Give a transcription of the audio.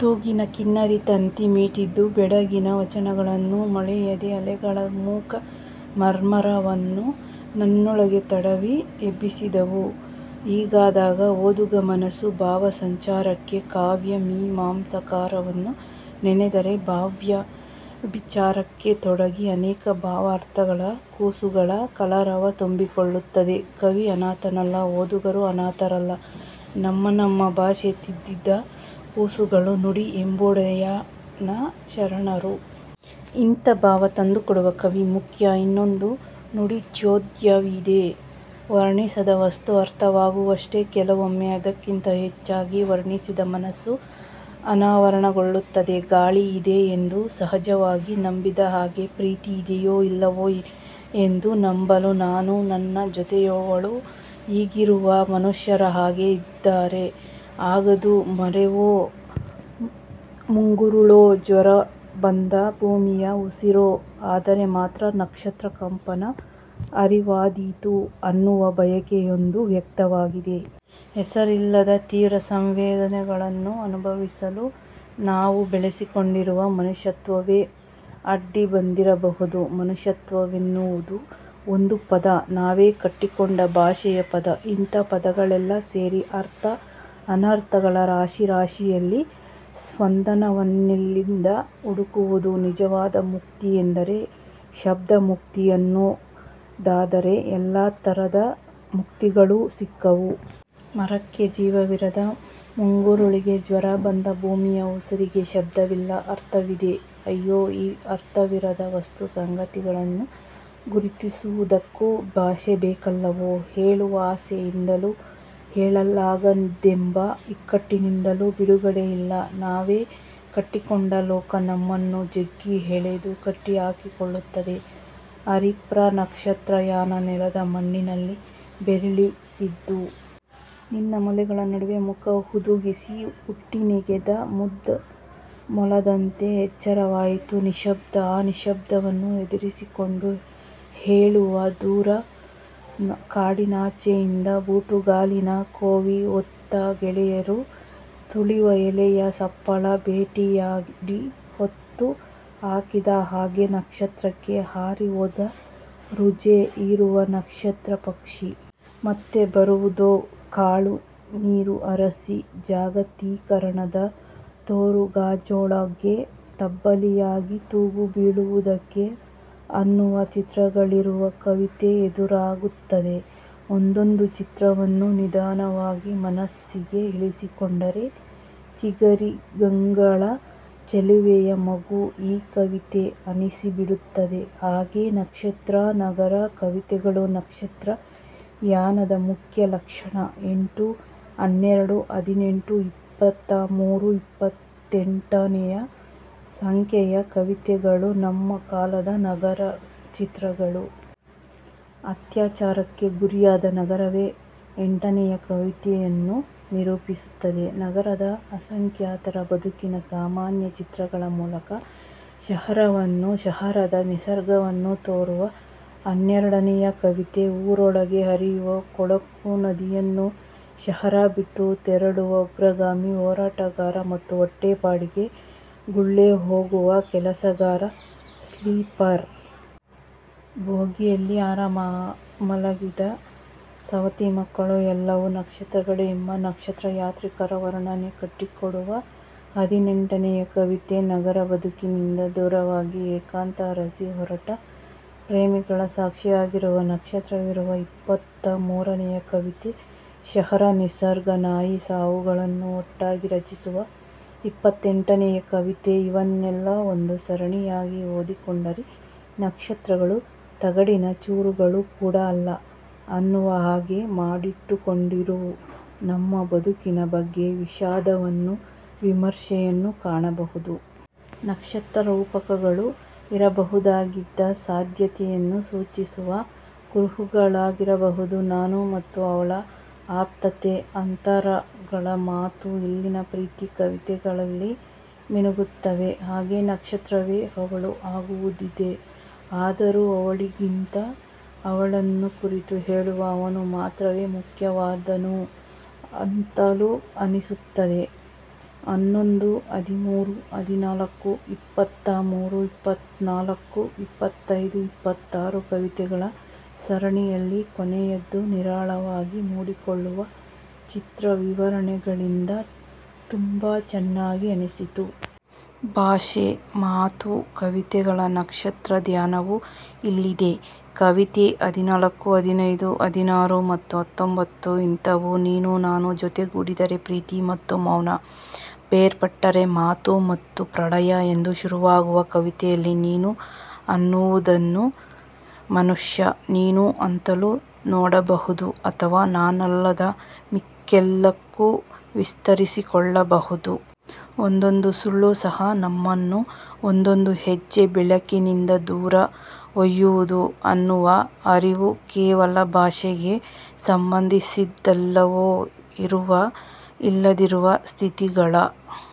ತೂಗಿದ ಕಿನ್ನರಿ ತಂತಿ ಮೀಟಿದ್ದು, ಬೆಡಗಿನ ವಚನಗಳನ್ನೂ ಮೊಳೆಯದ ಅಲೆಗಳ ಮೂಕ ಮರ್ಮರವನ್ನೂ ನನ್ನೊಳಗೆ ತಡವಿ ಎಬ್ಬಿಸಿದವು. ಹೀಗಾದಾಗ ಓದುಗ ಮನಸ್ಸು ಭಾವಸಂಚಾರಕ್ಕೆ ಕಾವ್ಯಮೀಮಾಂಸಕರನ್ನು ನೆನೆದರೆ ಭಾವವ್ಯಭಿಚಾರಕ್ಕೆ ತೊಡಗಿ ಅನೇಕ ಭಾವ ಅರ್ಥಗಳ ಕೂಸುಗಳ ಕಲರವ ತುಂಬಿಕೊಳ್ಳುತ್ತದೆ. ಕವಿ ಅನಾಥನಲ್ಲ ಓದುಗರೂ ಅನಾಥರಲ್ಲ ನಮ್ಮ ನಮ್ಮ ಭಾಷೆ ತಿದ್ದಿದ ಕೂಸುಗಳು, 'ನುಡಿ'ಎಂಬೊಡೆಯನ ಶರಣರು. ಇಂಥ ಭಾವ ತಂದುಕೊಡುವ ಕವಿ ಮುಖ್ಯ. ಇನ್ನೊಂದು ನುಡಿಚೋದ್ಯವಿದೆ ವರ್ಣಿಸಿದ ವಸ್ತು ಅರ್ಥವಾಗುವಷ್ಟೇ ಕೆಲವೊಮ್ಮೆ ಅದಕ್ಕಿಂತ ಹೆಚ್ಚಾಗಿ ವರ್ಣಿಸಿದ ಮನಸ್ಸು ಅನಾವರಣಗೊಳ್ಳುತ್ತದೆ. ಗಾಳಿ ಇದೆ ಎಂದು ಸಹಜವಾಗಿ ನಂಬಿದ ಹಾಗೆ ಪ್ರೀತಿ ಇದೆಯೋ ಇಲ್ಲವೋ ಎಂದು ನಂಬಲು ನಾನೂ ನನ್ನ ಜೊತೆಯವಳೂ ಈಗಿರುವ ಮನುಷ್ಯರ ಹಾಗೆ ಇದ್ದರೆ ಆಗದು ಮರವೋ ಮುಂಗುರುಳೋ ಜ್ವರಬಂದ ಭೂಮಿಯ ಉಸಿರೋ ಆದರೆ ಮಾತ್ರ ನಕ್ಷತ್ರಕಂಪನ ಅರಿವಾದೀತು ಅನ್ನುವ ಬಯಕೆಯೊಂದು ವ್ಯಕ್ತವಾಗಿದೆ. ಹೆಸರಿಲ್ಲದ ತೀವ್ರ ಸಂವೇದನೆಗಳನ್ನು ಅನುಭವಿಸಲು ನಾವು ಬೆಳೆಸಿಕೊಂಡಿರುವ 'ಮನುಷ್ಯತ್ವ'ವೇ ಅಡ್ಡಿ ಬಂದಿರಬಹುದು. ಮನುಷ್ಯತ್ವವೆನ್ನುವುದು ಒಂದು ಪದ, ನಾವೇ ಕಟ್ಟಿಕೊಂಡ ಭಾಷೆಯ ಪದ. ಇಂಥ ಪದಗಳೆಲ್ಲ ಸೇರಿ ಅರ್ಥ ಅನರ್ಥಗಳ ರಾಶಿ ರಾಶಿಯಲ್ಲಿ ಸ್ಪಂದನವನ್ನೆಲ್ಲಿಂದ ಹುಡುಕುವುದು. ನಿಜವಾದ ಮುಕ್ತಿ ಎಂದರೆ ಶಬ್ದಮುಕ್ತಿ. ಅದೊಂದಾದರೆ ಎಲ್ಲ ಥರದ ಮುಕ್ತಿಗಳೂ ಸಿಕ್ಕಾವು. ಮರಕ್ಕೆ ಜೀವವಿರದ ಮುಂಗುರುಳಿಗೆ, ಜ್ವರ ಬಂದ ಭೂಮಿಯ ಉಸಿರಿಗೆ ಶಬ್ದವಿಲ್ಲ ಅರ್ಥವಿದೆ. ಅಯ್ಯೋ ಈ ಅರ್ಥವಿರದ ವಸ್ತು ಸಂಗತಿಗಳನ್ನು ಗುರುತಿಸುವುದಕ್ಕೂ ಭಾಷೆ ಬೇಕಲ್ಲವೋ ಹೇಳುವ ಆಸೆಯಿಂದಲೂ ಹೇಳಲಾಗದೆಂಬ ಇಕ್ಕಟ್ಟಿನಿಂದಲೂ ಬಿಡುಗಡೆ ಇಲ್ಲ. ನಾವೇ ಕಟ್ಟಿಕೊಂಡ ಲೋಕ ನಮ್ಮನ್ನು ಜಗ್ಗಿ ಎಳೆದು ಕಟ್ಟಿಹಾಕಿಕೊಳ್ಳುತ್ತದೆ. ಆರಿಫ್ರ ನಕ್ಷತ್ರ ಯಾನ ನೆಲದ ಮಣ್ಣಿನಲ್ಲಿ ಬೇರಿಳಿಸಿದ್ದು. ನಿನ್ನ ಮೊಲೆಗಳ ನಡುವೆ ಮುಖಹುದುಗಿಸಿ ಪುಟಿನೆಗೆದ ಮುದ್ದು ಮೊಲದಂತೆ ಎಚ್ಚರವಾಯಿತು ನಿಶಬ್ದ. ಆ ನಿಶ್ಶಬ್ದವನ್ನು ಚದುರಿಸಿಕೊಂಡು ಕೇಳುವ ದೂರ ಕಾಡಿನಾಚೆಯಿಂದ ಬೂಟುಗಾಲಿನ ಕೋವಿ ಹೊತ್ತ ಗೆಳೆಯರು ತುಳಿವ ಎಲೆಯ ಸಪ್ಪಳ. ಬೇಟೆಯಾಡಿ ಹೂತು ಹಾಕಿದ ಹಾಗೆ ನಕ್ಷತ್ರಕ್ಕೆ ಹಾರಿ ಹೋದ ರುಜೆ ಹೀರುವ ನಕ್ಷತ್ರ ಪಕ್ಷಿ. ಮತ್ತೆ ಬರುವುದೋ ಕಾಳು ನೀರು ಅರಸಿ ಜಾಗತೀಕರಣದ ತೋರುಗಾಜೊಳಗೆ ತಬ್ಬಲಿಯಾಗಿ ತೂಗುಬೀಳುವುದಕ್ಕೆ ಅನ್ನುವ ಚಿತ್ರಗಳಿರುವ ಕವಿತೆ ಎದುರಾಗುತ್ತದೆ. ಒಂದೊಂದೂ ಚಿತ್ರವನ್ನು ನಿಧಾನವಾಗಿ ಮನಸ್ಸಿಗೆ ಇಳಿಸಿಕೊಂಡರೆ 'ಚಿಗರಿಗಂಗಳ ಚೆಲುವೆ'ಯ ಮಗು ಈ ಕವಿತೆ ಅನ್ನಿಸಿಬಿಡುತ್ತದೆ. ಹಾಗೆ ನಕ್ಷತ್ರ-ನಗರ ಕವಿತೆಗಳು ನಕ್ಷತ್ರ ಯಾನದ ಮುಖ್ಯ ಲಕ್ಷಣ. ಎಂಟು, ಹನ್ನೆರಡು, ಹದಿನೆಂಟು, ಇಪ್ಪತ್ತ ಮೂರು, ಇಪ್ಪತ್ತೆಂಟನೆಯ, ಸಂಖ್ಯೆಯ ಕವಿತೆಗಳು ನಮ್ಮ ಕಾಲದ ನಗರಚಿತ್ರಗಳು. ಅತ್ಯಾಚಾರಕ್ಕೆ ಗುರಿಯಾದ ನಗರವೇ ಎಂಟನೆಯ ಕವಿತೆಯನ್ನು ನಿರೂಪಿಸುತ್ತದೆ. ನಗರದ ಅಸಂಖ್ಯಾತರ ಬದುಕಿನ ಸಾಮಾನ್ಯ ಚಿತ್ರಗಳ ಮೂಲಕ ಶಹರವನ್ನೂ ಶಹರದ ನಿಸರ್ಗವನ್ನೂ ತೋರುವ ಹನ್ನೆರಡನೆಯ ಕವಿತೆ. ಊರೊಳಗೆ ಹರಿಯುವ ಕೊಳಕು ನದಿಯನ್ನೂ, ಶಹರ ಬಿಟ್ಟು ತೆರಳುವ ಉಗ್ರಗಾಮಿ ಹೋರಾಟಗಾರ ಮತ್ತು ಹೊಟ್ಟೆ ಪಾಡಿಗೆ ಗುಳೆಹೋಗುವ ಕೆಲಸಗಾರ ಸ್ಲೀಪರ್ ಬೋಗಿಯಲ್ಲಿ ಆರಾಮ ಮಲಗಿದ ಸವತಿ ಮಕ್ಕಳು ಎಲ್ಲವೂ ನಕ್ಷತ್ರಗಳೇ ಎಂಬ 'ನಕ್ಷತ್ರ ಯಾತ್ರಿಕ'ರ ವರ್ಣನೆ ಕಟ್ಟಿಕೊಡುವ ಹದಿನೆಂಟನೆಯ ಕವಿತೆ, ನಗರ ಬದುಕಿನಿಂದ ದೂರವಾಗಿ ಏಕಾಂತ ಅರಸಿ ಹೊರಟ ಪ್ರೇಮಿಗಳ ಸಾಕ್ಷಿಯಾಗಿರುವ ನಕ್ಷತ್ರವಿರುವ ಇಪ್ಪತ್ತ ಮೂರನೆಯ ಕವಿತೆ, ಶಹರ ನಿಸರ್ಗ ನಾಯಿ ಸಾವುಗಳನ್ನು ಒಟ್ಟಾಗಿ ರಚಿಸುವ ಇಪ್ಪತ್ತೆಂಟನೆಯ ಕವಿತೆ ಇವನ್ನೆಲ್ಲ ಒಂದು ಸರಣಿಯಾಗಿ ಓದಿಕೊಂಡರೆ ನಕ್ಷತ್ರಗಳು ತಗಡಿನ ಚೂರುಗಳು ಕೂಡ ಅಲ್ಲ ಅನ್ನುವ ಹಾಗೆ ಮಾಡಿಟ್ಟುಕೊಂಡಿರು ನಮ್ಮ ಬದುಕಿನ ಬಗ್ಗೆ ವಿಷಾದವನ್ನೂ ವಿಮರ್ಶೆಯನ್ನೂ ಕಾಣಬಹುದು. ನಕ್ಷತ್ರ ರೂಪಕಗಳು ಇರಬಹುದಾಗಿದ್ದ ಸಾಧ್ಯತೆಯನ್ನು ಸೂಚಿಸುವ ಕುರುಹುಗಳಾಗಬಹುದು. 'ನಾನು' ಮತ್ತು 'ಅವಳ' ಆಪ್ತತೆ, ಅಂತರಗಳ ಮಾತೂ ಇಲ್ಲಿನ ಪ್ರೀತಿ ಕವಿತೆಗಳಲ್ಲಿ ಮಿನುಗುತ್ತವೆ; ಹಾಗೇ ನಕ್ಷತ್ರವೇ 'ಅವಳು' ಆಗುವುದಿದೆ. ಆದರೂ ಅವಳಿಗಿಂತ ಅವಳನ್ನು ಕುರಿತು ಹೇಳುವ 'ಅವನು' ಮಾತ್ರವೇ ಮುಖ್ಯವಾದನೋ ಅಂತಲೂ ಅನ್ನಿಸುತ್ತದೆ. ಹನ್ನೊಂದು, ಹದಿಮೂರು, ಹದಿನಾಲ್ಕು, ಇಪ್ಪತ್ತ ಮೂರು, ಇಪ್ಪಾತ್ತ್ನಾಲ್ಕು, ಇಪ್ಪತ್ತೈದು, ಇಪ್ಪತ್ತಾರು ಕವಿತೆಗಳ ಸರಣಿಯಲ್ಲಿ ಕೊನೆಯದು ನಿರಾಳವಾಗಿ ಮೂಡಿಕೊಳ್ಳುವ ಚಿತ್ರವಿವರಗಳಿಂದ ತುಂಬ ಚೆನ್ನಾಗಿದೆ ಅನ್ನಿಸಿತು. ಭಾಷೆ, ಮಾತು, ಕವಿತೆಗಳ ನಕ್ಷತ್ರಧ್ಯಾನವೂ ಇಲ್ಲಿದೆ. ಕವಿತೆ ಹದಿನಾಲ್ಕು ಹದಿನೈದು ಹದಿನಾರು ಮತ್ತು ಹತ್ತೊಂಭತ್ತು ಇಂಥವು. 'ನೀನು-ನಾನು ಜೊತೆಗೂಡಿದರೆ ಪ್ರೀತಿ ಮತ್ತು ಮೌನ; ಬೇರ್ಪಟ್ಟರೆ ಮಾತು ಮತ್ತು ಪ್ರಳಯ' ಎಂದು ಶುರುವಾಗುವ ಕವಿತೆಯಲ್ಲಿ ನೀನು ಅನ್ನುವುದನ್ನು ಮನುಷ್ಯ ನೀನು ಅಂತಲೂ ನೋಡಬಹುದು, ಅಥವ ನಾನಲ್ಲದ ಮಿಕ್ಕೆಲ್ಲಕ್ಕೂ ವಿಸ್ತರಿಸಿಕೊಳ್ಳಬಹುದು. 'ಒಂದೊಂದು ಸುಳ್ಳು ಸಹ ನಮ್ಮನು ಒಂದೊಂದು ಹೆಜ್ಜೆ ಬೆಳಕಿನಿಂದ ದೂರ ಒಯ್ಯುವುದು' ಅನ್ನುವ ಅರಿವು ಕೇವಲ ಭಾಷೆಗೆ ಸಂಬಂಧಿಸಿದ್ದಲ್ಲವೋ ಇರುವ ಇಲ್ಲದಿರುವ ಸ್ಥಿತಿಗಳ